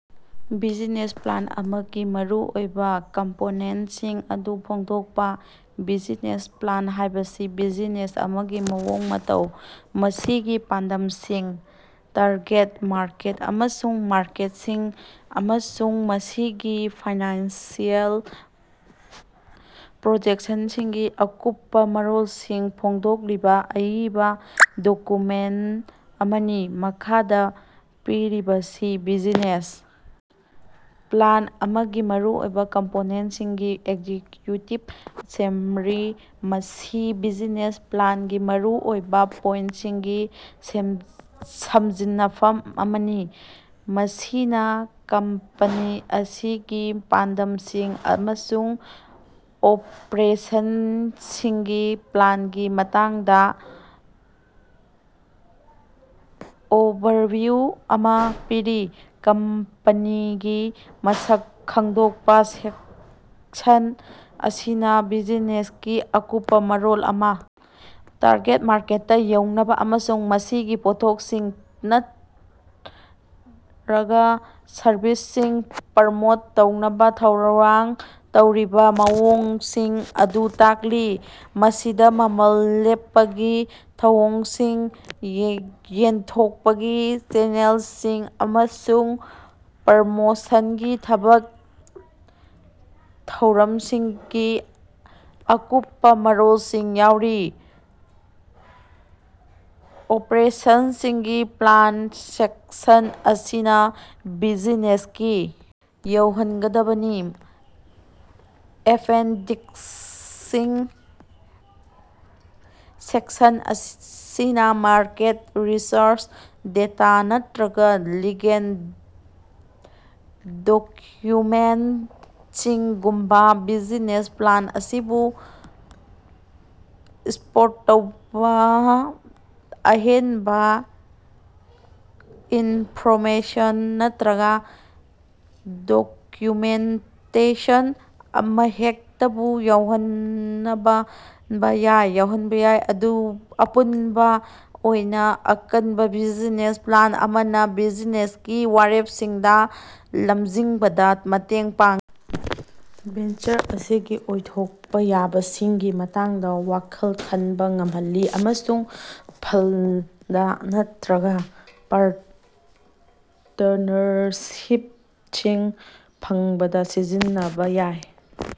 Business plan ꯑꯃꯒꯤ ꯃꯔꯨꯑꯣꯏꯕ ꯀꯝꯄꯣꯅꯦꯟꯇꯁꯤꯡ ꯑꯗꯨ ꯐꯣꯡꯗꯣꯛꯄ꯫ ꯕꯤꯖꯤꯅꯦꯁ ꯄ꯭ꯂꯥꯟ ꯍꯥꯏꯕꯁꯤ ꯕꯤꯖꯤꯅꯦꯁ ꯑꯃꯒꯤ ꯃꯑꯣꯡ ꯃꯇꯧ, ꯃꯁꯤꯒꯤ ꯄꯥꯟꯗꯝꯁꯤꯡ, ꯇꯥꯔꯒꯦꯠ ꯃꯥꯔꯀꯦꯠ ꯑꯃꯁꯨꯡ ꯃꯥꯔꯀꯦꯠꯁꯤꯡ, ꯑꯃꯁꯨꯡ ꯃꯁꯤꯒꯤ ꯐꯥꯏꯅꯥꯟꯁꯤꯑꯦꯜ ꯄ꯭ꯔꯣꯖꯦꯛꯁꯟꯁꯤꯡꯒꯤ ꯑꯀꯨꯞꯄ ꯃꯔꯣꯜꯁꯤꯡ ꯐꯣꯡꯗꯣꯛꯂꯤꯕ ꯑꯏꯕ ꯗꯣꯀꯨꯃꯦꯟꯇ ꯑꯃꯅꯤ꯫ ꯃꯈꯥꯗ ꯄꯤꯔꯤꯕꯁꯤ ꯕꯤꯖꯤꯅꯦꯁ ꯄ꯭ꯂꯥꯟ ꯑꯃꯒꯤ ꯃꯔꯨꯑꯣꯏꯕ ꯀꯝꯄꯣꯅꯦꯟꯇꯁꯤꯡꯅꯤ: ꯑꯦꯛꯖꯤꯛꯌꯨꯇꯤꯚ ꯁꯝꯃꯔꯤ: ꯃꯁꯤ ꯕꯤꯖꯅꯦꯁ ꯄ꯭ꯂꯥꯟꯒꯤ ꯃꯔꯨꯑꯣꯏꯕ ꯄꯣꯏꯟꯇꯁꯤꯡꯒꯤ ꯁꯝꯖꯤꯟꯅꯐꯝ ꯑꯃꯅꯤ, ꯃꯁꯤꯅ ꯀꯝꯄꯅꯤ, ꯃꯁꯤꯒꯤ ꯄꯥꯟꯗꯝꯁꯤꯡ ꯑꯃꯁꯨꯡ ꯑꯣꯄꯔꯦꯁꯟꯁꯤꯡꯒꯤ ꯄ꯭ꯂꯥꯟꯒꯤ ꯃꯇꯥꯡꯗ ꯑꯣꯚꯔꯚꯤꯌꯨ ꯑꯃꯥ ꯄꯤꯔꯤ꯫ ꯀꯝꯄꯅꯤꯒꯤ ꯃꯁꯛ ꯈꯪꯗꯣꯛꯄ: ꯁꯦꯛꯁꯟ ꯑꯁꯤꯅ ꯕꯤꯖꯤꯅꯦꯁꯀꯤ ꯑꯀꯨꯞꯄ ꯃꯔꯣꯜ ꯑꯃ ꯇꯥꯔꯒꯦꯠ ꯃꯥꯔꯀꯦꯠꯇꯥ ꯌꯧꯅꯕꯥ ꯑꯃꯁꯨꯡ ꯃꯁꯤꯒꯤ ꯄꯣꯠꯊꯣꯛꯁꯤꯡ ꯅꯠꯔꯒꯥ ꯁꯔꯚꯤꯁꯁꯤꯡ ꯄ꯭ꯔꯃꯣꯠ ꯇꯧꯅꯕꯥ ꯊꯧꯔꯥꯡ ꯇꯧꯔꯤꯕꯥ ꯃꯑꯣꯡꯁꯤꯡ ꯑꯗꯨ ꯇꯥꯛꯂꯤ꯫ ꯃꯁꯤꯗꯥ ꯃꯃꯜ ꯂꯦꯞꯄꯒꯤ ꯊꯧꯑꯣꯡꯁꯤꯡ, ꯌꯦꯟꯊꯣꯛꯄꯒꯤ ꯆꯦꯅꯦꯜꯁꯤꯡ ꯑꯃꯁꯨꯡ ꯄ꯭ꯞꯔꯃꯣꯁꯟꯒꯤ ꯊꯕꯛ ꯊꯧꯔꯝꯁꯤꯡꯒꯤ ꯑꯀꯨꯞꯄꯥ ꯃꯔꯣꯜꯁꯤꯡ ꯌꯥꯎꯔꯤ꯫ ꯑꯣꯄꯔꯦꯁꯟꯁꯤꯡꯒꯤ ꯄ꯭ꯂꯥꯟ: ꯁꯦꯛꯁꯟ ꯑꯁꯤꯅ ꯕꯤꯖꯤꯅꯦꯁꯀꯤ ꯌꯥꯎꯍꯟꯒꯗꯕꯅꯤ꯫ ꯑꯦꯄꯦꯟꯗꯤꯛꯁꯁꯤꯡ: ꯁꯦꯛꯁꯟ ꯑꯁꯤꯅꯥ ꯃꯥꯔꯀꯦꯠ ꯔꯤꯁꯔꯆ ꯗꯦꯇꯥ ꯅꯠꯠꯔꯒꯥ ꯂꯤꯒꯦꯜ ꯗꯣꯛꯌꯨꯃꯦꯟꯇꯁꯤꯡꯒꯨꯝꯕꯥ ꯕꯤꯖꯤꯅꯦꯁ ꯄ꯭ꯂꯥꯟ ꯑꯁꯤꯕꯨ ꯁꯄꯣꯔꯠ ꯇꯧꯕꯥ ꯑꯍꯦꯟꯕꯥ ꯏꯟꯐꯣꯔꯃꯦꯁꯟ ꯅꯠꯠꯔꯒꯥ ꯗꯣꯛꯌꯨꯃꯦꯟꯇꯦꯁꯟ ꯑꯃꯍꯦꯛꯇꯕꯨ ꯌꯥꯎꯍꯟꯕꯥ ꯌꯥꯏ꯫ ꯑꯄꯨꯟꯕꯥ ꯑꯣꯏꯅꯥ, ꯑꯀꯟꯕꯥ ꯕꯤꯖꯤꯅꯦꯁ ꯄ꯭ꯂꯥꯟ ꯑꯃꯅꯥ ꯕꯤꯖꯤꯅꯦꯁꯀꯤ ꯋꯥꯔꯦꯄꯁꯤꯡꯗꯥ ꯂꯝꯖꯤꯡꯕꯗꯥ ꯃꯇꯦꯡ ꯄꯥꯡꯏ, ꯚꯦꯟꯆꯔ ꯑꯁꯤꯒꯤ ꯑꯣꯏꯊꯣꯛꯄꯥ ꯌꯥꯕꯁꯤꯡꯒꯤ ꯃꯇꯥꯡꯗꯥ ꯋꯥꯈꯜ ꯈꯟꯕꯥ ꯉꯝꯍꯜꯂꯤ ꯑꯃꯁꯨꯡ ꯐꯟꯗ ꯅꯠꯇ꯭ꯔꯒꯥ ꯄꯥꯔꯇꯅꯔꯁꯤꯞꯁꯤꯡ ꯐꯪꯕꯗꯥ ꯁꯤꯖꯤꯟꯅꯕꯥ ꯌꯥꯏ꯫